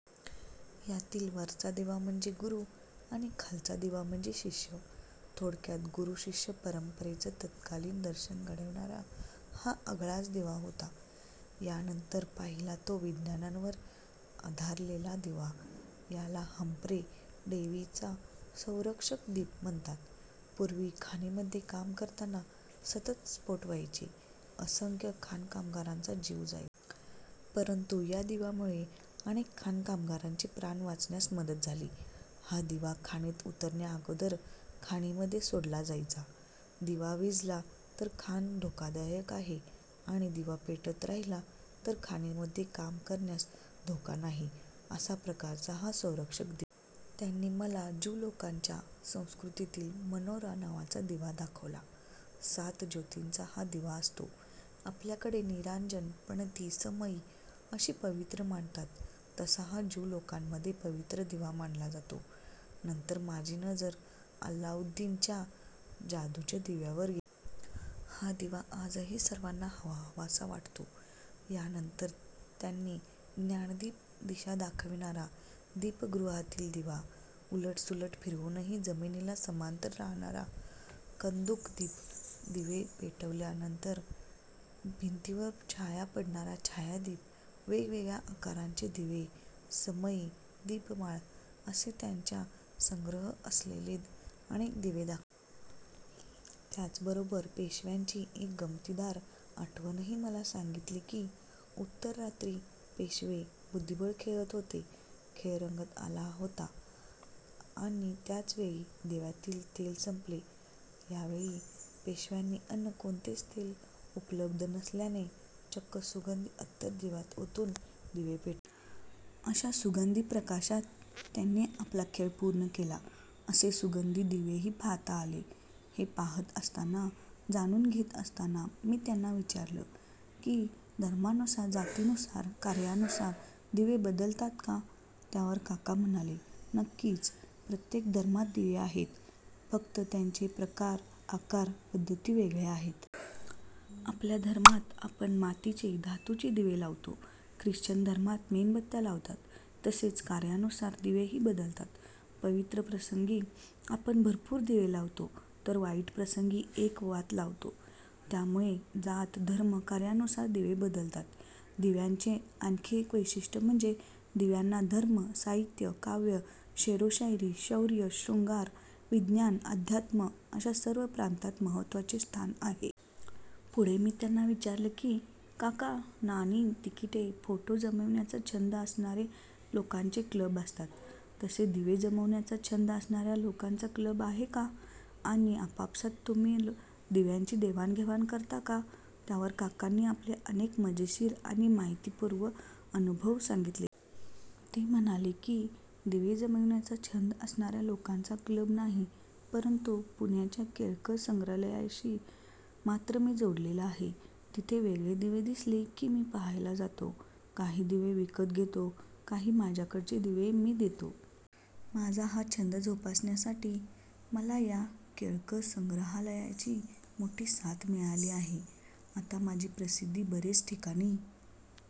यातील वरचा दिवा म्हणजे गुरु आणि खालचा दिवा म्हणजे शिष्य. थोडक्यात गुरु-शिष्य परंपरेचे तत्कालीन दर्शन घडविणारा हा आगळाच दिवा होता. यानंतर पाहिला तो विज्ञानावर आधारलेला दिवा. याला हम्फ्रे डेव्हीचा 'संरक्षक दीप' म्हणतात. पूर्वी खाणीमध्ये काम करताना सतत स्फोट व्हायचे, असंख्य खाणकामगारांचा जीव जायचा. परंतु या दिव्यामुळे अनेक खाणकामगारांचे प्राण वाचण्यास मदत झाली. हा दिवा खाणीत उतरण्याअगोदर खाणीमध्ये सोडला जायचा. दिवा विझला तर खाण धोकादायक आहे आणि दिवा पेटत राहिला तर खाणीमध्ये काम करण्यास धोका नाही. अशा प्रकारचा हा संरक्षक दीप. त्यांनी मला ज्यू लोकांच्या संस्कृतीतील 'मेनोरा' नावाचा दिवा दाखवला. सात ज्योतींचा हा दिवा असतो. आपल्याकडे निरांजन, पणती, समई कशी पवित्र मानतात तसा हा ज्यू लोकांमध्ये पवित्र दिवा मानला जातो. नंतर माझी नजर 'अल्लाउद्दिन'च्या जादूच्या दिव्यावर गेली. हा दिवा आजही सर्वांना हवाहवासा वाटतो. यानंतर त्यांनी ज्ञानदीप, दिशा दाखविणारा दीपगृहातील दिवा, उलट-सुलट फिरवूनही जमिनीला समांतर राहणारा 'कंदुक दीप', दिवे पेटवल्यावर भिंतीवर छाया पडणारा 'छायादीप', वेगवेगळ्या आकारांचे दिवे, समई, दीपमाळ असे त्यांच्या संग्रही असलेले अनेक दिवे दाखविले. त्याचबरोबर पेशव्यांची एक गमतीदार आठवणही मला सांगितली की, उत्तररात्री पेशवे बुद्धिबळ खेळत होते, खेळ रंगत आला होता आणि त्याचवेळी दिव्यातील तेल संपले. यावेळी पेशव्यांनी अन्य कोणतेच तेल उपलब्ध नसल्याने चक्क सुगंधी अत्तर दिव्यात ओतून दिवे पेटवले. अशा सुगंधी प्रकाशात त्यांनी आपला खेळ पूर्ण केला. असे सुगंधी दिवेही पाहता आले. हे पाहत असताना, जाणून घेत असताना मी त्यांना विचारलं की, धर्मानुसार-जातीनुसार-कार्यानुसार दिवे बदलतात का? त्यावर काका म्हणाले, नक्कीच. प्रत्येक धर्मात दिवे आहेत, फक्त त्यांचे प्रकार, आकार आणि पद्धती वेगळ्या आहेत. आपल्या धर्मात आपण मातीचे, धातूचे दिवे लावतो, ख्रिश्चन धर्मात मेणबत्त्या लावतात. तसेच कार्यानुसार दिवेही बदलतात. पवित्र प्रसंगी आपण भरपूर दिवे लावतो तर वाईट प्रसंगी एक वात लावतो. त्यामुळे जाती-धर्म-कार्यानुसार दिवे बदलतात. दिव्यांचे आणखी एक वैशिष्ट्य म्हणजे दिव्यांना धर्म, साहित्य, काव्य-शेरोशायरी, शौर्य, शृंगार, विज्ञान, अध्यात्म अशा सर्व प्रांतात महत्त्वाचे स्थान आहे. पुढे मी त्यांना विचारलं की, काका नाणी, तिकिटे, फोटो जमविण्याचा छंद असणाऱ्या लोकांचे क्लब असतात तसे दिवे जमविण्याचा छंद असणाऱ्या लोकांचा क्लब आहे का? आणि आपापसात तुम्ही दिव्यांची देवाण-घेवाण करता का? त्यावर काकांनी आपले अनेक मजेशीर आणि माहितीपूर्ण अनुभव सांगितले. ते म्हणाले की, दिवे जमविण्याचा छंद असणाऱ्या लोकांचा क्लब नाही, परंतु पुण्याच्या केळकर संग्रहालयाशी मात्र मी जोडलेला आहे. तिथे वेगळे दिवे दिसले की मी पाहायला जातो, काही दिवे विकत घेतो, काही माझ्याकडचे दिवे मी देतो. माझा हा छंद जोपासण्यासाठी मला या केळकर संग्रहालयाची मोठी साथ मिळाली आहे. आता माझी प्रसिद्धी बरेच ठिकाणी...